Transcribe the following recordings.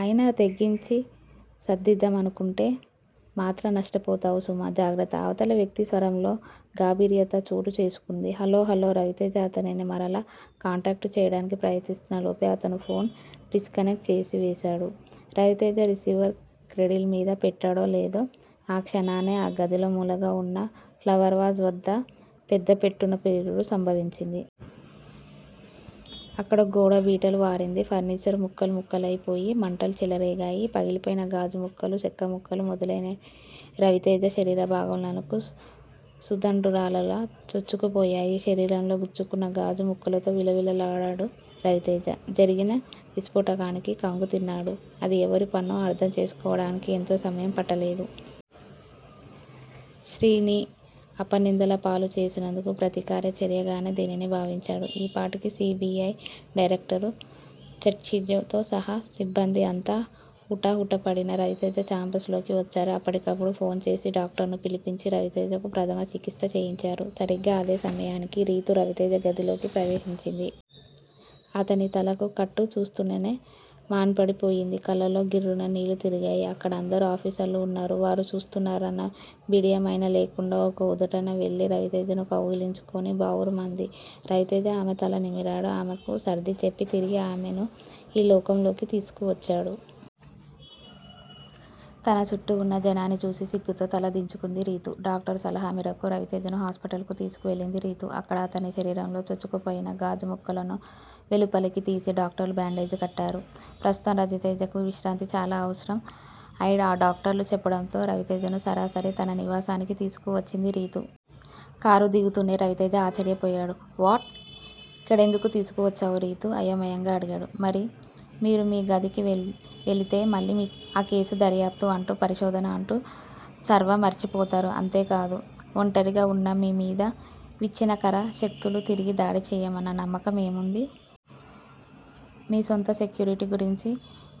అయినా, తెగించి సాదిద్దామనుకుంటే మాత్రం నష్టపోతావు సుమా! జాగ్రత్త! అవతలి వ్యక్తి స్వరంలో గాంభీర్యత చోటు చేసుకుంది. హలో హలో రవితేజ అతనిని మరల కాంటాక్టు చేయడానికి ప్రయత్నిస్తున్న లోపే అతను ఫోన్ డిస్కనెక్ట్ చేశాడు. రవితేజ రిసీవర్ క్రెడిల్ మీద పెట్టాడో లేదో- ఆ క్షణానే ఆ గదిలో మూలగా వున్న ప్లవర్ వాజ్ వద్ద పెద్దపెట్టున ప్రేలుడు సంభవించింది. అక్కడ గోడ బీటలు వారింది. ఫర్నిచరు ముక్కలు ముక్కలయిపోయి మంటలు చెలరేగాయి. పగిలిపోయిన గాజు ముక్కలు, చెక్క ముక్కలు మొదలయినవిరవితేజ శరీర భాగాలలోకి సూదంటురాళ్ళలా చొచ్చుకుపోయాయి. శరీరంలో గుచ్చుకున్న గాజు ముక్కలతో విలవిలలాడాడు రవితేజ. జరిగిన విస్పోటకానికి ఖంగుతిన్నాడు. అది ఎవరి పనో అర్ధం చేసికోవడానికి ఎంతో సమయం పట్టలేదు. శ్రీ ని అపనిందలపాలు చేసినందుకు ప్రతీకార చర్యగానే దీనిని భావించాడు. ఈపాటికి సి. బి. ఐ. డైరక్టరు ఛటర్జీతో సహా సిబ్బంది అంతా హుటాహుటిన రవితేజ చాంబర్స్ లోకి వచ్చారు. అప్పటికప్పుడు ఫోన్ చేసి డాక్టరును పిలిపించి రవితేజకు ప్రథమ చికిత్స చేయించారు. సరిగ్గా అదే సమయానికి రీతూ రవితేజ గదిలోకి ప్రవేశించింది. అతని తలకి కట్టు చూస్తూనే మ్రాన్పడిపోయింది. కళ్ళలో గిర్రున నీళ్ళు తిరిగాయి. అక్కడ అందరు ఆఫీసర్లూ వున్నారు, వారు చూస్తున్నారు అన్న బిడియం అయినా లేకుండా ఒక్క ఉదుటున వెళ్ళి రవితేజను కౌగిలించుకుని బావురుమంది. రవితేజ ఆమె తల నిమిరాడు. ఆమెకు సర్దిచెప్పి తిరిగి ఆమెను ఈ లోకంలోకి తీసుకువచ్చాడు. తన చుట్టూ వున్న జనాన్ని చూసి సిగ్గుతో తల దించుకుంది రీతు. డాక్టరు సలహా మేరకు రవితేజను హాస్పిటల్ కు తీసుకువెళ్ళింది రీతు. అక్కడ అతని శరీరంలో చొచ్చుకుపోయిన గాజు ముక్కలను వెలుపలకు తీసి డాక్టర్లు బ్యాండేజీ కట్టారు. ప్రస్తుతం రవితేజకు విశ్రాంతి చాలా అవసరం ఐ డాక్టర్లు చెప్పడంతో రవితేజను సరాసరి తన నివాసానికి తీసుకువచ్చింది రీతు. కారు దిగుతూనే రవితేజ ఆశ్చర్యపోయాడు. వ్హ్వాట్! ఇక్కడికెందుకు తీసుకువచ్చావు రీతూ? అయోమయంగా అడిగాడు. మరి? మీరు మీ గదికి వెళితే మళ్ళీ ఆ కేసు దర్యాప్తు అంటూ, పరిశోధన అంటూ సర్వం మరచిపోతారు. అంతేకాదు. వంటరిగా వున్న మీ మీద విచ్చిన్నకర శక్తులు తిరిగి దాడి చేయవని నమ్మకం ఏముంది? మీ సొంత సెక్యూరిటీ గురించి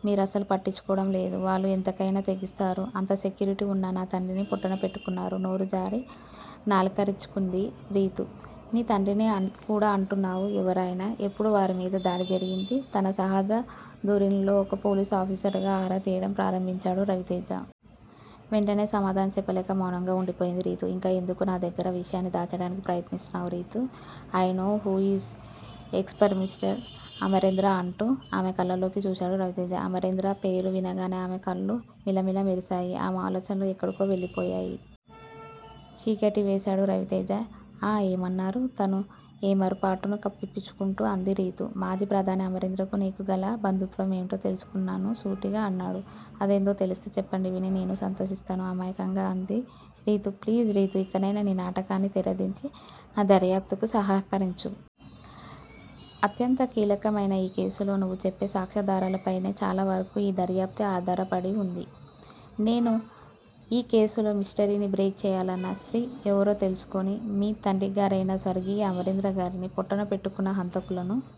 మీరసలు పట్టించుకోవడం లేదు. వాళ్ళు ఎంతకయినా తెగిస్తారు. అంత సెక్యూరిటీ వున్న నా తండ్రినే పొట్టన పెట్టుకున్నారు నోరు జారి నాలిక్కరచుకుంది రీతు. మీ తండ్రిని కూడా అంటున్నావు, ఎవరాయన? ఎప్పుడు వారి మీద దాడి జరిగింది? తన సహజ ధోరణిలో ఒక పోలీసు ఆఫీసరుగా ఆరా తీయడం ప్రారంభించాడు రవితేజ. వెంటనే సమాధానం చెప్పలేక మౌనంగా వుండిపోయింది రీతు. ఇంకా ఎందుకు నా దగ్గర విషయాన్ని దాచడానికి ప్రయత్నిస్తావు Ritu? I know who is ex prime minister Amarendra అంటూ ఆమె కళ్ళలోకి చూశాడు రవితేజ. అమరేంద్ర పేరు వినగానే ఆమె కళ్ళు మిలమిల మెరిసాయి. ఆమె ఆలోచనలు ఎక్కడికో వెళ్ళిపోయాయి. చిటిక వేశాడు రవితేజ. ఆ ఏమన్నారు? తన ఏమరుపాటును కప్పిపుచ్చుకుంటూ అంది రీతు. మాజీ ప్రధాని అమరేంద్రకు. నీకు గల బంధుత్వం ఏమిటో తెలుసుకున్నాను సూటిగా అన్నాడు. అదేదో తెలిస్తే చెప్పండి, విని నేనూ సంతోషిస్తాను! అమాయకంగా అంది రీతు. ప్లీజ్, రీతూ! ఇకనైనా నీ నాటకానికి తెరదించి నా దర్యాప్తుకు సహకరించు. అత్యంత కీలకమైన ఈ కేసులో నువ్వు చెప్పే సాక్ష్యాధారాలపైనే చాలా వరకు నా దర్యాప్తు ఆధారపడి వుంది. నేను ఈ కేసులో మిష్టరీని బ్రేక్ చేయాలన్నా 'శ్రీ' ఎవరో తెలుసుకుని మీ తండ్రిగారయిన స్వర్గీయ అమరేంద్రగారిని పొట్టనపెట్టుకున్న హంతకులను